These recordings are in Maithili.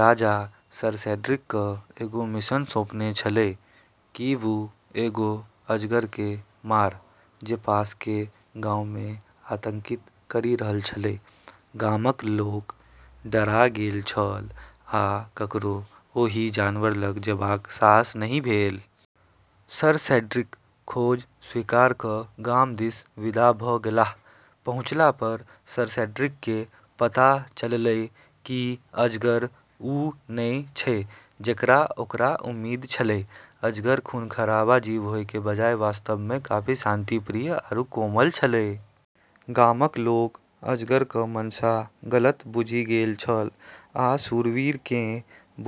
राजा सर सेड्रिक क एगो मिशन सौंपने छेलै कि वू एगो अजगर क मार जे पास के गाँव मे आतंकित करी रहल छेलै। गामक लोक डरा गेल छल आ ककरो ओहि जानवर लग जेबाक साहस नहि भेल। सर सेड्रिक खोज स्वीकार क गाम दिस विदा भ गेलाह। पहुँचला पर सर सेड्रिक के पता चललै कि अजगर वू नै छै जेकर ओकरा उम्मीद छेलै। अजगर खूनखराबा जीव होय के बजाय वास्तव में काफी शांतिप्रिय आरू कोमल छेलै। गामक लोक अजगरक मंशा गलत बुझि गेल छल आ शूरवीर केँ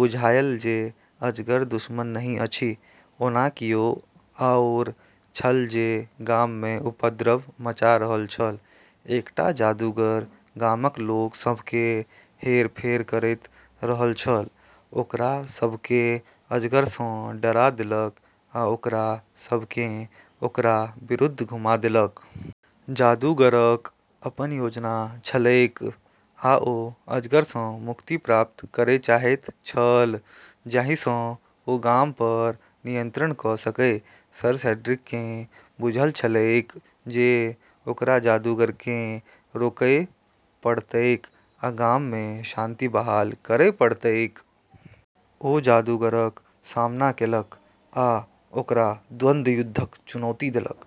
बुझायल जे अजगर दुश्मन नहि अछि। ओना कियो आओर छल जे गाम मे उपद्रव मचा रहल छल। एकटा जादूगर गामक लोक सभकेँ हेरफेर करैत रहल छल, ओकरा सभकेँ अजगरसँ डरा देलक आ ओकरा सभकेँ ओकरा विरुद्ध घुमा देलक। जादूगरक अपन योजना छलैक आ ओ अजगर सँ मुक्ति प्राप्त करय चाहैत छल जाहि सँ ओ गाम पर नियंत्रण क सकय। सर सेड्रिक केँ बुझल छलैक जे ओकरा जादूगर केँ रोकय पड़तैक आ गाम मे शांति बहाल करय पड़तैक। ओ जादूगरक सामना केलक आ ओकरा द्वंद्वयुद्धक चुनौती देलक।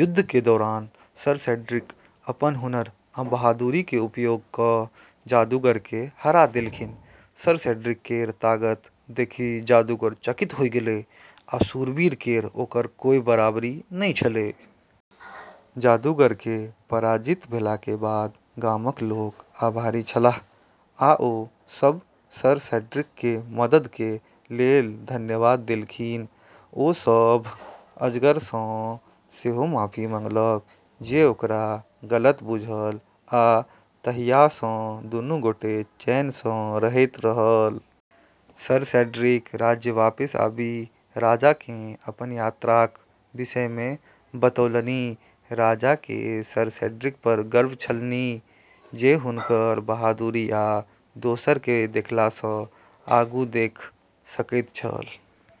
युद्ध के दौरान सर सेड्रिक अपन हुनर आ बहादुरी के उपयोग क जादूगर के हरा देलखिन। सर सेड्रिक केर ताकत देखी जादूगर चकित होय गेलै आरू शूरवीर केर ओकर कोय बराबरी नै छेलै। जादूगर के पराजित भेला के बाद गामक लोक आभारी छलाह आ ओ सब सर सेड्रिक के मदद के लेल धन्यवाद देलखिन। ओ सभ अजगरसँ सेहो माफी मंगलक जे ओकरा गलत बुझल आ तहियासँ दुनू गोटे चैनसँ रहैत रहल। सर सेड्रिक राज्य वापस आबि राजा केँ अपन यात्राक विषय मे बतौलनि। राजा के सर सेड्रिक पर गर्व छलनि जे हुनकर बहादुरी आ दोसर के देखला स आगू देख सकैत छल।